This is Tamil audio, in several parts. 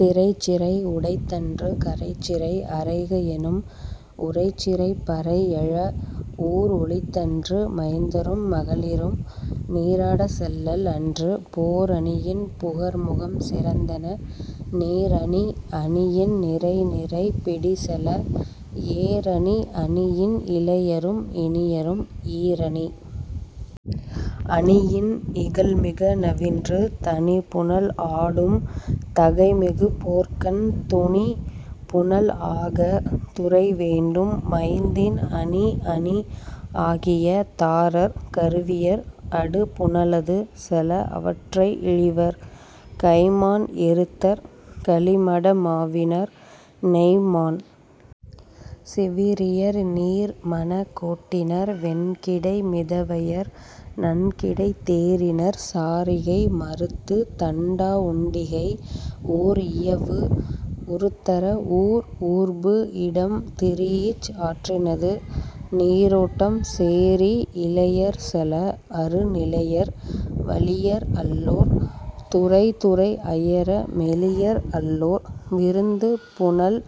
திரைச் சிறை உடைத்தன்று கரைச்சிறை; அறைக எனும் உரைச் சிறைப் பறை எழ, ஊர் ஒலித்தன்று மைந்தரும் மகளிரும் நீராடச் செல்லல் அன்று, போர் அணியின் புகர்முகம் சிறந்தென, நீர் அணி அணியின் நிரைநிரை பிடி செல: ஏர் அணி அணியின் இளையரும் இனியரும்-- ஈரணி அணியின், இகல் மிக நவின்று, தணி புனல் ஆடும் தகை மிகு போர்க்கண் துணி புனல் ஆக, துறை வேண்டும் மைந்தின் அணி அணி ஆகிய தாரர், கருவியர், அடு புனலது செல அவற்றை இழிவர்; கைம்மான் எருத்தர், கலி மட மாவினர், நெய்ம் மாண் சிவிறியர், நீர் மணக் கோட்டினர், வெண் கிடை மிதவையர், நன் கிடைத் தேரினர், சாரிகை மறுத்துத் தண்டா உண்டிகை ஓர் இயவு உறுத்தர ஊர்ஊர்பு இடம் திரீஇச் ஆற்றினது நீரோட்டம் சேரி இளையர் செல அரு நிலையர், வலியர் அல்லோர் துறைதுறை அயர, மெலியர் அல்லோர் விருந்து புனல்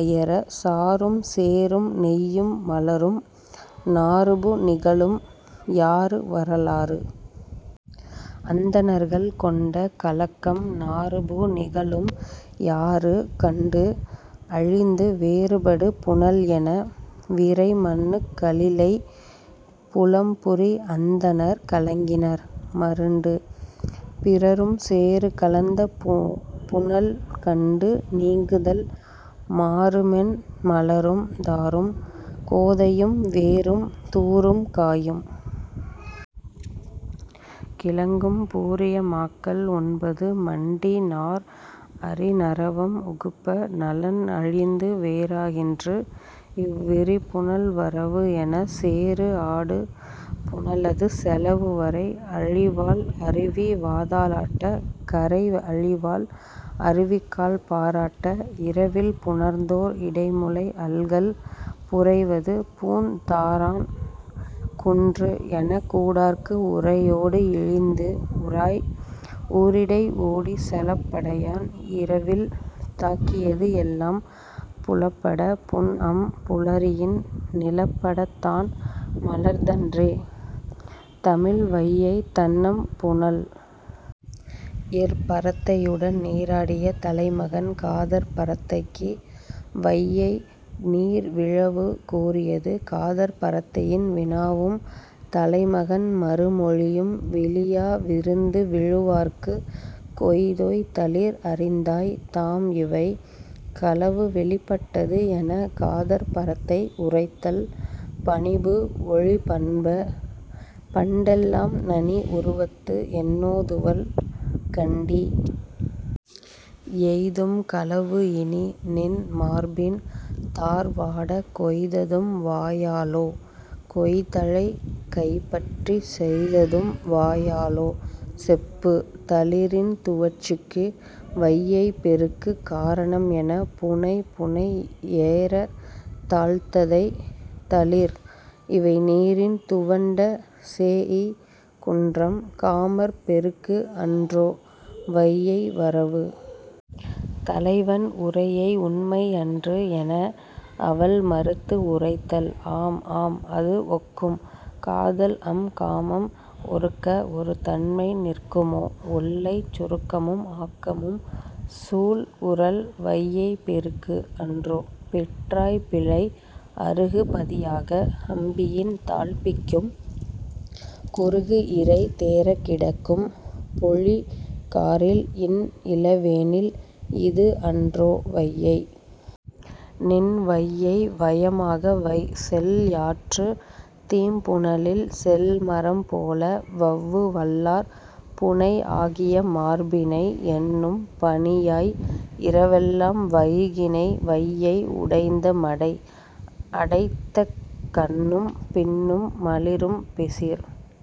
அயர, சாறும் சேறும் நெய்யும் மலரும் நாறுபு நிகழும், யாறு வரலாறு. அந்தணர்கள் கொண்ட கலக்கம் நாறுபு நிகழும் யாறு கண்டு, அழிந்து வேறுபடு புனல் என, விரை மண்ணுக் கலிழை, புலம் புரி அந்தணர் கலங்கினர், மருண்டு. பிறரும் சேறு கலந்த புனல் கண்டு நீங்குதல் மாறு மென் மலரும், தாரும் கோதையும், வேரும் தூரும், காயும் கிழங்கும், பூரிய மாக்கள் உண்பது மண்டி நார் அரி நறவம் உகுப்ப 'நலன் அழிந்து, வேறாகின்று இவ் விரி புனல் வரவு' என, சேறு ஆடு புனலது செலவு வரை அழி வால் அருவி வாதாலாட்ட, கரை அழி வால் அருவிக் கால் பாராட்ட, 'இரவில் புணர்ந்தோர் இடைமுலை அல்கல் புரைவது பூந் தாரான் குன்று' எனக் கூடார்க்கு உரையோடு இழிந்து உராய், ஊரிடை ஓடிச், சலப் படையான் இரவில் தாக்கியது எல்லாம் புலப்படப் புன்அம் புலரியின் நிலப்படத் தான் மலர்ந்தன்றே தமிழ் வையைத் தண்ணம் புனல். இற்பரத்தையுடன் நீராடிய தலைமகன் காதற்பரத்தைக்கு வையை நீர் விழவு கூறியது காதற்பரத்தையின் வினாவும் தலைமகன் மறுமொழியும் 'விளியா விருந்து விழுவார்க்குக் கொய்தோய், 'தளிர் அறிந்தாய், தாம் இவை. ' களவு வெளிப்பட்டது எனக் காதற்பரத்தை உரைத்தல் 'பணிபு ஒழி பண்ப! --பண்டெல்லாம் நனி உருவத்து; என்னோ துவள் கண்டீ? -- எய்தும் களவு இனி: நின் மார்பின் தார் வாடக் கொய்ததும் வாயாளோ? கொய் தழை கை பற்றிச் செய்ததும் வாயாளோ? செப்பு. ' தளிரின் துவட்சிக்கு வையைப் பெருக்குக் காரணம் என 'புனை புனை ஏறத் தாழ்த்ததை; தளிர் இவை நீரின் துவண்ட; சேஎய் குன்றம்; காமர் பெருக்கு அன்றோ, வையை வரவு? ' தலைவன் உரையை 'உண்மை அன்று' என, அவள் மறுத்து உரைத்தல் 'ஆம் ஆம்; அது ஒக்கும்; காதல்அம் காமம் ஒருக்க ஒருதன்மை நிற்குமோ? ஒல்லைச் சுருக்கமும் ஆக்கமும் --- சூள் உறல்! --- வையைப் பெருக்கு அன்றோ? பெற்றாய் பிழை. அருகு பதியாக அம்பியின் தாழ்ப்பிக்கும், குருகு இரை தேரக் கிடக்கும்___பொழி காரில், இன் இளவேனில், இது அன்றோ வையை? நின் வையை வயமாக வை. செல் யாற்றுத் தீம் புனலில் செல் மரம் போல, வவ்வு வல்லார் புணை ஆகிய மார்பினை; என்னும் பனியாய் இரவெல்லாம் வைகினை; வையை உடைந்த மடை அடைத்தக்கண்ணும் பின்னும் மலிரும் பிசிர்